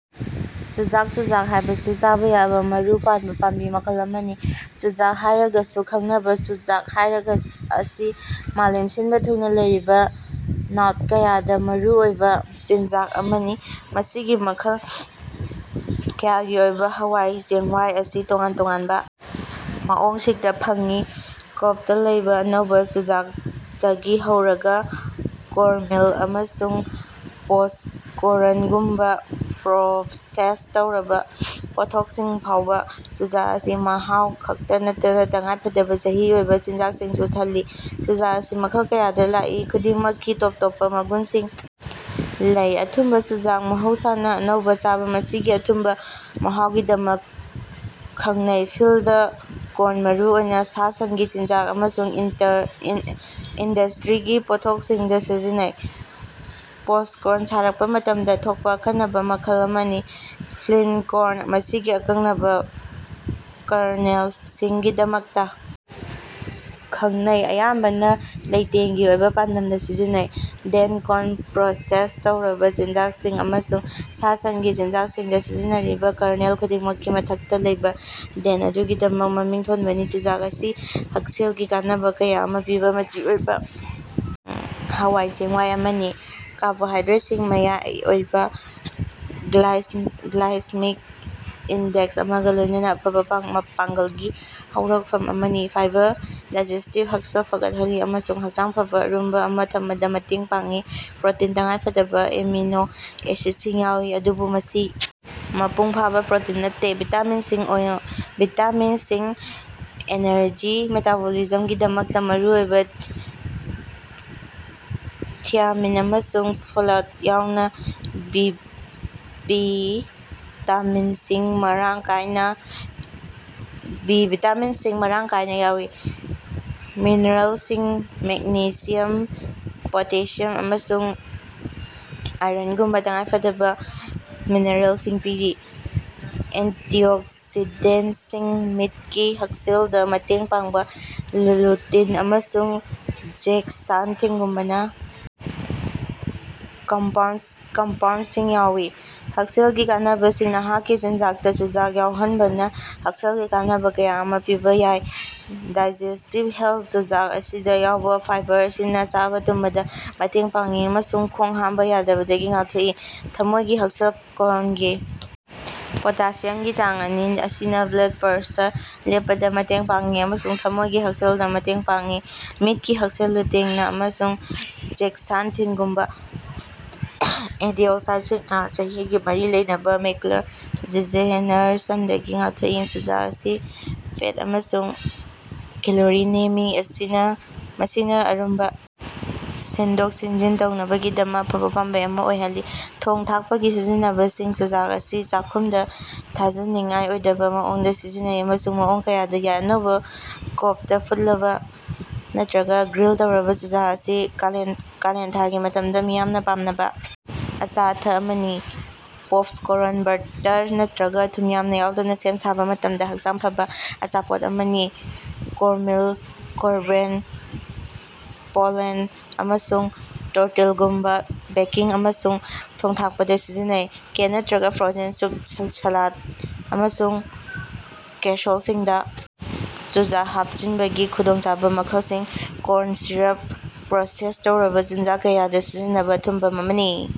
ꯆꯨꯆꯥꯛ ꯆꯨꯖꯥꯛ ꯍꯥꯏꯕꯁꯤ ꯆꯥꯕ ꯌꯥꯕ ꯃꯔꯨ ꯄꯥꯟꯕ ꯄꯥꯝꯕꯤ ꯃꯈꯜ ꯑꯃꯅꯤ꯫ ꯆꯨꯖꯥꯛ ꯍꯥꯏꯔꯒꯁꯨ ꯈꯪꯅꯕ ꯆꯨꯖꯥꯛ ꯑꯁꯤ ꯃꯥꯂꯦꯝ ꯁꯤꯟꯕ ꯊꯨꯡꯅ ꯂꯩꯔꯤꯕ ꯅꯥꯠ ꯀꯌꯥꯗ ꯃꯔꯨꯑꯣꯏꯕ ꯆꯤꯟꯖꯥꯛ ꯑꯃꯅꯤ꯫ ꯃꯁꯤꯒꯤ ꯃꯈꯜ ꯀꯌꯥꯒꯤ ꯑꯣꯏꯕ ꯍꯋꯥꯏ ꯆꯦꯡꯋꯥꯏ ꯑꯁꯤ ꯇꯣꯉꯥꯟ ꯇꯣꯉꯥꯟꯕ ꯃꯑꯣꯡꯁꯤꯡꯗ ꯐꯪꯏ ꯀꯣꯕꯇ ꯂꯩꯕ ꯑꯅꯧꯕ ꯆꯨꯖꯥꯛꯗꯒꯤ ꯍꯧꯔꯒ ꯀꯣꯔ꯭ꯟꯃꯤꯜ ꯑꯃꯁꯨꯡ ꯄꯣꯞꯀꯣꯔ꯭ꯟꯒꯨꯝꯕ ꯄ꯭ꯔꯣꯁꯦꯁ ꯇꯧꯔꯕ ꯄꯣꯠꯊꯣꯛꯁꯤꯡ ꯐꯥꯎꯕ꯫ ꯆꯨꯖꯥꯛ ꯑꯁꯤ ꯃꯍꯥꯎ ꯈꯛꯇ ꯅꯠꯇꯅ ꯇꯉꯥꯏꯐꯗꯕ ꯃꯆꯤ ꯑꯣꯏꯕ ꯆꯤꯟꯖꯥꯛꯁꯤꯡꯁꯨ ꯊꯜꯂꯤ꯫ ꯆꯨꯖꯥꯛ ꯑꯁꯤ ꯃꯈꯜ ꯀꯌꯥꯗ ꯂꯥꯛꯏ ꯈꯨꯗꯤꯡꯃꯛꯀꯤ ꯇꯣꯞ ꯇꯣꯞꯄ ꯃꯒꯨꯟꯁꯤꯡ ꯂꯩ ꯑꯊꯨꯝꯕ ꯆꯨꯖꯥꯛ ꯃꯍꯧꯁꯥꯅ ꯑꯅꯧꯕ ꯆꯥꯕ ꯃꯁꯤꯒꯤ ꯑꯊꯨꯝꯕ ꯃꯍꯥꯎꯒꯤꯗꯃꯛ ꯈꯪꯅꯩ꯫ ꯐꯤꯜꯗ ꯀꯣꯔ꯭ꯟ ꯃꯔꯨ ꯑꯣꯏꯅ ꯁꯥ ꯁꯟꯒꯤ ꯆꯤꯟꯖꯥꯛ ꯑꯃꯁꯨꯡ ꯏꯟꯗꯁ꯭ꯇ꯭ꯔꯤꯒꯤ ꯄꯣꯠꯊꯣꯛꯁꯤꯡꯗ ꯁꯤꯖꯤꯟꯅꯩ꯫ ꯄꯣꯞꯀꯣꯔ꯭ꯟ ꯁꯥꯔꯛꯄ ꯃꯇꯝꯗ ꯊꯣꯛꯄ ꯑꯈꯟꯅꯕ ꯃꯈꯜ ꯑꯃꯅꯤ꯫ ꯐ꯭ꯂꯤꯟꯠ ꯀꯣꯔ꯭ꯟ ꯃꯁꯤꯒꯤ ꯑꯀꯟꯕ ꯀꯔꯅꯦꯜꯁꯤꯡꯒꯤꯗꯃꯛꯇ ꯈꯪꯅꯩ ꯑꯌꯥꯝꯕꯅ ꯂꯩꯇꯦꯡꯒꯤ ꯑꯣꯏꯕ ꯄꯥꯟꯗꯝꯗ ꯁꯤꯖꯤꯟꯅꯩ꯫ ꯗꯦꯟꯠ ꯀꯣꯔ꯭ꯟ ꯄ꯭ꯔꯣꯁꯦꯁ ꯇꯧꯔꯕ ꯆꯤꯟꯖꯥꯛꯁꯤꯡ ꯑꯃꯁꯨꯡ ꯁꯥ ꯁꯟꯒꯤ ꯆꯤꯟꯖꯥꯛꯁꯤꯡꯗ ꯁꯤꯖꯤꯟꯅꯔꯤꯕ ꯀꯔꯅꯦꯜ ꯈꯨꯗꯤꯡꯃꯛꯀꯤ ꯃꯊꯛꯇ ꯂꯩꯕ ꯗꯦꯟ꯭ꯇ ꯑꯗꯨꯒꯤꯗꯃꯛ ꯃꯃꯤꯡ ꯊꯣꯟꯕꯅꯤ꯫ ꯆꯨꯖꯥꯛ ꯑꯁꯤ ꯍꯛꯁꯦꯜꯒꯤ ꯀꯥꯟꯅꯕ ꯀꯌꯥ ꯑꯃ ꯄꯤꯕ ꯃꯆꯤ ꯑꯣꯏꯕ ꯍꯋꯥꯏ ꯆꯦꯡꯋꯥꯏ ꯑꯃꯅꯤ꯫ ꯀꯥꯔꯕꯣꯍꯥꯏꯗ꯭ꯔꯦꯠꯁꯤꯡ ꯃꯌꯥꯏ ꯑꯣꯏꯕ ꯒ꯭ꯂꯥꯏꯁꯦꯃꯤꯛ ꯏꯟꯗꯦꯛꯁ ꯑꯃꯒ ꯂꯣꯏꯅꯅ ꯑꯐꯕ ꯄꯥꯡꯒꯜꯒꯤ ꯍꯧꯔꯛꯐꯝ ꯑꯃꯅꯤ꯫ ꯐꯥꯏꯕꯔ ꯗꯥꯏꯖꯦꯁ꯭ꯇꯤꯕ ꯍꯛꯁꯦꯜ ꯐꯒꯠꯍꯜꯂꯤ ꯑꯃꯁꯨꯡ ꯍꯛꯆꯥꯡ ꯐꯕ ꯑꯔꯨꯝꯕ ꯑꯃ ꯊꯝꯕꯗ ꯃꯇꯦꯡ ꯄꯥꯡꯏ꯫ ꯄ꯭ꯔꯣꯇꯤꯟ ꯇꯉꯥꯏꯐꯗꯕ ꯑꯦꯃꯤꯅꯣ ꯑꯦꯁꯤꯗꯁꯤꯡ ꯌꯥꯎꯏ ꯑꯗꯨꯕꯨ ꯃꯁꯤ ꯃꯄꯨꯡ ꯐꯥꯕ ꯄ꯭ꯔꯣꯇꯤꯟ ꯅꯠꯇꯦ꯫ ꯚꯤꯇꯥꯃꯤꯟꯁꯤꯡ ꯑꯦꯅꯔꯖꯤ ꯃꯦꯇꯥꯕꯣꯂꯤꯖꯝꯒꯤꯗꯃꯛꯇ ꯃꯔꯨꯑꯣꯏꯕ ꯊꯤꯌꯥꯃꯤꯟ ꯑꯃꯁꯨꯡ ꯐꯣꯂꯦꯠ ꯌꯥꯎꯅ ꯕꯤ ꯚꯤꯇꯥꯃꯤꯟꯁꯤꯡ ꯃꯔꯥꯡ ꯀꯥꯏꯅ ꯌꯥꯎꯏ꯫ ꯃꯤꯅꯔꯦꯜꯁꯤꯡ ꯃꯦꯒꯅꯦꯁꯤꯌꯝ ꯄꯣꯇꯦꯁꯤꯌꯝ ꯑꯃꯁꯨꯡ ꯑꯥꯏꯔꯟꯒꯨꯝꯕ ꯇꯉꯥꯏꯐꯗꯕ ꯃꯤꯅꯔꯦꯜꯁꯤꯡ ꯄꯤꯔꯤ꯫ ꯑꯦꯟꯇꯤꯑꯣꯛꯁꯤꯗꯦꯟꯠꯁꯤꯡ ꯃꯤꯠꯀꯤ ꯍꯛꯁꯦꯜꯗ ꯃꯇꯦꯡ ꯄꯥꯡꯕ ꯂꯨꯇꯤꯟ ꯑꯃꯁꯨꯡ ꯖꯦꯛꯁꯥꯟꯊꯤꯟꯒꯨꯝꯕ ꯀꯝꯄꯥꯎꯟꯗꯁꯤꯡ ꯌꯥꯎꯋꯤ꯫ ꯍꯛꯁꯦꯜꯒꯤ ꯀꯥꯟꯅꯕꯁꯤꯡ ꯅꯍꯥꯛꯀꯤ ꯆꯤꯟꯖꯥꯛꯇ ꯆꯨꯖꯥꯛ ꯌꯥꯎꯍꯟꯕꯅ ꯍꯛꯁꯦꯜꯒꯤ ꯀꯥꯟꯅꯕ ꯀꯌꯥ ꯑꯃ ꯄꯤꯕ ꯌꯥꯏ ꯗꯥꯏꯖꯦꯁ꯭ꯇꯤꯕ ꯍꯦꯜꯊ ꯆꯨꯖꯥꯛ ꯑꯁꯤꯗ ꯌꯥꯎꯕ ꯐꯥꯏꯕꯔ ꯑꯁꯤꯅ ꯆꯥꯕ ꯇꯨꯝꯕꯗ ꯃꯇꯦꯡ ꯄꯥꯡꯉꯤ ꯑꯃꯁꯨꯡ ꯈꯣꯡ ꯍꯥꯝꯕ ꯌꯥꯗꯕꯗꯒꯤ ꯉꯥꯛꯊꯣꯛꯏ꯫ ꯊꯃꯣꯏꯒꯤ ꯍꯛꯁꯦꯜ ꯀꯣꯔ꯭ꯟꯒꯤ ꯄꯣꯇꯥꯁꯤꯌꯝꯒꯤ ꯆꯥꯡ ꯑꯁꯤꯅ ꯕ꯭ꯂꯗ ꯄ꯭ꯔꯦꯁꯔ ꯂꯦꯞꯄꯗ ꯃꯇꯦꯡ ꯄꯥꯡꯏ ꯑꯃꯁꯨꯡ ꯊꯃꯣꯏꯒꯤ ꯍꯛꯁꯦꯜꯗ ꯃꯇꯦꯡ ꯄꯥꯡꯏ꯫ ꯃꯤꯠꯀꯤ ꯍꯛꯁꯦꯜ ꯂꯨꯇꯤꯟ ꯑꯃꯁꯨꯡ ꯖꯦꯛꯁꯥꯟꯊꯤꯟꯒꯨꯝꯕ ꯑꯦꯟꯇꯤꯑꯣꯛꯁꯤꯗꯦꯟꯠꯁꯤꯡꯅ ꯆꯍꯤꯒ ꯃꯔꯤ ꯂꯩꯅꯕ ꯃꯦꯀꯨꯂꯔ ꯗꯤꯖꯦꯅꯦꯔꯦꯁꯟꯗꯒꯤ ꯉꯥꯛꯊꯣꯛꯏ꯫ ꯆꯨꯖꯥꯛ ꯑꯁꯤ ꯐꯦꯠ ꯑꯃꯁꯨꯡ ꯀꯦꯂꯣꯔꯤ ꯅꯦꯝꯃꯤ ꯃꯁꯤꯅ ꯑꯔꯨꯝꯕ ꯁꯤꯟꯗꯣꯛ ꯁꯤꯟꯖꯤꯟ ꯇꯧꯅꯕꯒꯤꯗꯃꯛ ꯑꯐꯕ ꯄꯥꯝꯕꯩ ꯑꯃ ꯑꯣꯏꯍꯜꯂꯤ꯫ ꯊꯣꯡ ꯊꯥꯛꯄꯒꯤ ꯁꯤꯖꯤꯟꯅꯕꯁꯤꯡ ꯆꯨꯖꯥꯛ ꯑꯁꯤ ꯆꯥꯛꯈꯨꯝꯗ ꯊꯥꯖꯅꯤꯡꯉꯥꯏ ꯑꯣꯏꯗꯕ ꯃꯑꯣꯡꯗ ꯁꯤꯖꯤꯟꯅꯩ ꯑꯃꯁꯨꯡ ꯃꯑꯣꯡ ꯀꯌꯥꯗ ꯌꯥꯏ ꯑꯅꯧꯕ ꯀꯣꯕꯇ ꯐꯨꯠꯂꯕ ꯅꯠꯇ꯭ꯔꯒ ꯒ꯭ꯔꯤꯜ ꯇꯧꯔꯕ ꯆꯨꯖꯥꯛ ꯑꯁꯤ ꯀꯥꯂꯦꯟꯊꯥꯒꯤ ꯃꯇꯝꯗ ꯃꯤꯌꯥꯝꯅ ꯄꯥꯝꯅꯕ ꯑꯆꯥ ꯑꯊꯛ ꯑꯃꯅꯤ꯫ ꯄꯣꯞꯀꯣꯔ꯭ꯟ ꯕꯠꯇꯔ ꯅꯠꯇ꯭ꯔꯒ ꯊꯨꯝ ꯌꯥꯝꯅ ꯌꯥꯎꯗꯅ ꯁꯦꯝ ꯁꯥꯕ ꯃꯇꯝꯗ ꯍꯛꯆꯥꯡ ꯐꯕ ꯑꯆꯥꯄꯣꯠ ꯑꯃꯅꯤ꯫ ꯀꯣꯔ꯭ꯟꯃꯤꯜ ꯀꯣꯔ꯭ꯟꯕ꯭ꯔꯦꯗ ꯄꯣꯂꯦꯟꯇꯥ ꯑꯃꯁꯨꯡ ꯇꯣꯔꯇꯤꯂꯥꯒꯨꯝꯕ ꯕꯦꯀꯤꯡ ꯑꯃꯁꯨꯡ ꯊꯣꯡ ꯊꯥꯛꯄꯗ ꯁꯤꯖꯤꯟꯅꯩ꯫ ꯀꯦꯟ ꯅꯠꯇ꯭ꯔꯒ ꯐ꯭ꯔꯣꯖꯦꯟ ꯁꯨꯞ ꯁꯥꯂꯥꯗ ꯑꯃꯁꯨꯡ ꯀꯦꯁꯔꯣꯜꯁꯤꯡꯗ ꯆꯨꯖꯥꯛ ꯍꯥꯞꯆꯤꯟꯕꯒꯤ ꯈꯨꯗꯣꯡꯆꯥꯕ ꯃꯈꯜꯁꯤꯡ꯫ ꯀꯣꯔ꯭ꯟ ꯁꯤꯔꯞ ꯄ꯭ꯔꯣꯁꯦꯁ ꯇꯧꯔꯕ ꯆꯤꯟꯖꯥꯛ ꯀꯌꯥꯗ ꯁꯤꯖꯤꯟꯅꯕ ꯑꯊꯨꯝꯕ ꯑꯃꯅꯤ꯫